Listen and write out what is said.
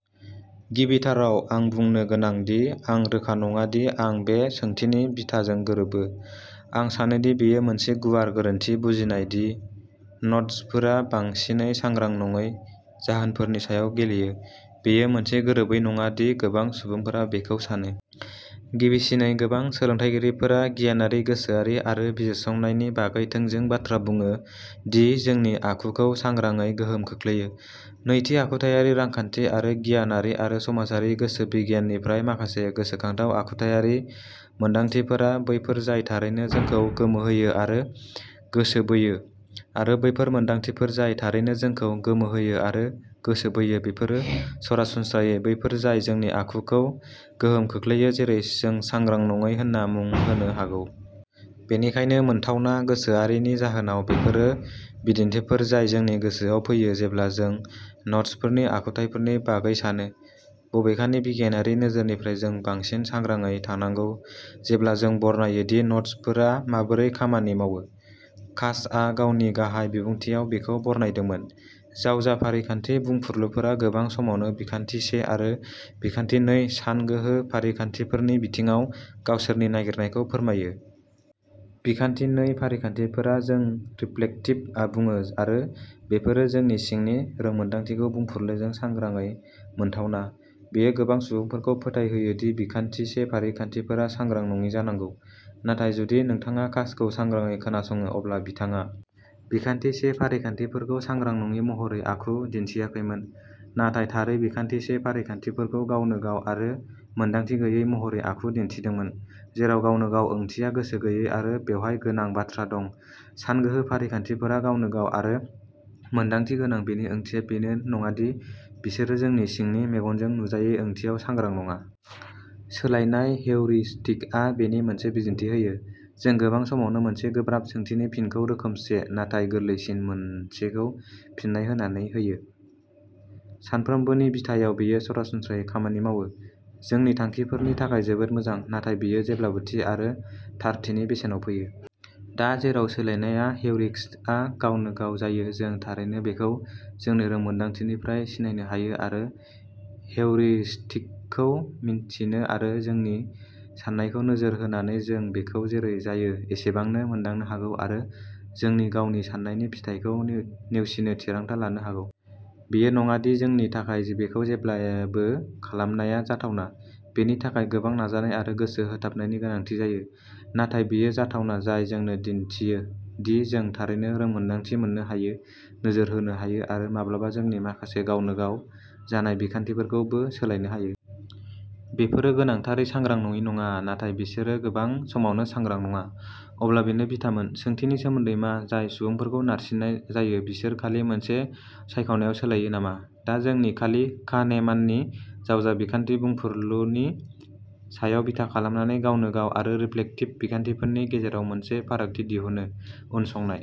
गिबिथाराव, आं बुंनो गोनां दि आं रोखा नङा दि आं बे सोंथिनि बिथाजों गोरोबो। आं सानो दि बेयो मोनसे गुवार गोरोन्थि बुजिनाय दि नड्जफोरा बांसिनै सांग्रां नङै जाहोनफोरनि सायाव गेलेयो। बेयो मोनसे गोरोबै नङा दि गोबां सुबुंफोरा बेखौ सानो। गिबिसिनै, गोबां सोलोंथायगिरिफोरा गियानारि गोसोआरि आरो बिजिरसंनायनि बागै थोंजों बाथ्रा बुङो दि जोंनि आखुखौ सांग्रांयै गोहोम खोख्लैयो। नैथि, आखुथायारि रांखान्थि आरो गियानारि आरो समाजारि गोसो बिगियाननिफ्राय माखासे गोसोखांथाव आखुथायारि मोनदांथिफोरा बैफोर जाय थारैनो जोंखौ गोमोहोयो आरो गोसोबोयो आरो बैफोर मोनदांथिफोर जाय थारैनो जोंखौ गोमोहोयो आरो गोसोबोयो बेफोरो सरासनस्रायै बैफोर जाय जोंनि आखुखौ गोहोम खोख्लैयो जेरै जों सांग्रां नङै होनना मुं होनो हागौ। बेनिखायनो, मोनथावना गोसोआरिनि जाहोनाव, बेफोरो बिदिन्थिफोर जाय जोंनि गोसोआव फैयो जेब्ला जों नड्जफोरनि आखुथायफोरनि बागै सानो। बबेखानि, बिगियानारि नोजोरनिफ्राय जों बांसिन सांग्राङै थानांगौ जेब्ला जों बरनायो दि नड्जफोरा माबोरै खामानि मावो। कासआ गावनि गाहाय बिबुंथिआव बेखौ बरनायदोंमोन, जावजा फारिखान्थि बुंफुरलुफोरा गोबां समावनो बिखान्थि से आरो बिखान्थि नै सानगोहो फारिखान्थिफोरनि बिथिङाव गावसोरनि नागिरनायखौ फोरमायो। बिखान्थि नै फारिखान्थिफोरा जों रिफ्लेक्टिभ बुङो आरो बेफोरो जोंनि सिंनि रोंमोन्दांथिखौ बुंफुरलुजों सांग्रांयै मोनथावना। बेयो गोबां सुबुंफोरखौ फोथायहोयो दि बिखान्थि से फारिखान्थिफोरा सांग्रां नङि जानांगौ। नाथाय जुदि नोंथाङा कासखौ सांग्राङै खोनासङो अब्ला बिथाङा बिखान्थि से फारिखान्थिफोरखौ सांग्रां नङि महरै आखु दिन्थियाखैमोन, नाथाय थारै बिखान्थि से फारिखान्थिफोरखौ गावनो गाव आरो मोनदांथि गैयै महरै आखु दिन्थिदोंमोन, जेराव गावनो गाव ओंथिया गोसो गैयै आरो बेवहाय गोनां बाथ्रा दं सानगोहो फारिखान्थिफोरा गावनो गाव आरो मोनदांथि गोनां, बेनि ओंथिया बेनो नङा दि बिसोरो जोंनि सिंनि मेगनजों नुजायै ओंथियाव सांग्रां नङा। सोलायनाय हेउरिस्टिकआ बेनि मोनसे बिदिन्थि होयो। जों गोबां समावनो मोनसे गोब्राब सोंथिनि फिनखौ रोखोमसे, नाथाय गोरलैसिन मोनसेखौ फिन्नाय होनानै होयो। सानफ्रोमबोनि बिथायाव बेयो सरासनस्रायै खामानि मावो। जोंनि थांखिफोरनि थाखाय जोबोद मोजां, नाथाय बेयो जेब्लाबो थि आरो थारथिनि बेसेनाव फैयो। दा, जेराव सोलायनाया हेउरिस्टिकआ गावनो गाव जायो, जों थारैनो बेखौ जोंनि रोंमोन्दांथिनिफ्राय सिनायनो हायो आरो हेउरिस्टिकखौ मिन्थिना आरो जोंनि साननायखौ नोजोर होनानै जों बेखौ जेरै जायो एसेबांनो मोनदांनो हागौ आरो जोंनि गावनि साननायनि फिथायखौ नेवसिनो थिरांथा लानो हागौ। बेयो नङा दि जोंनि थाखाय बेखौ जेब्लाबो खालामनाया जाथावना। बेनि थाखाय गोबां नाजानाय आरो गोसो होथाबनायनि गोनांथि जायो। नाथाय बेयो जाथावना, जाय जोंनो दिन्थियो, दि जों थारैनो रोंमोन्दांथि मोननो हायो, नोजोर होनो हायो आरो माब्लाबा जोंनि माखासे गावनो गाव जानाय बिखान्थिफोरखौ बो सोलायनो हायो। बेफोरो गोनांथारै सांग्रां नङि नङा, नाथाय बिसोरो गोबां समावनो सांग्रां नङा। अब्ला बेनो बिथामोन। सोंथिनि सोमोन्दै मा? जाय सुबुंफोरखौ नारसिन्नाय जायो बिसोर खालि मोनसे सायख'नायाव सोलायो नामा? दा, जों खालि काहनेमाननि जावजा बिखान्थि बुंफुरलुनि सायाव बिथा खालामनानै गावनो गाव आरो रिफ्लेक्टिभ बिखान्थिफोरनि गेजेराव मोनसे फारागथि दिहुनो। उनसंनाय।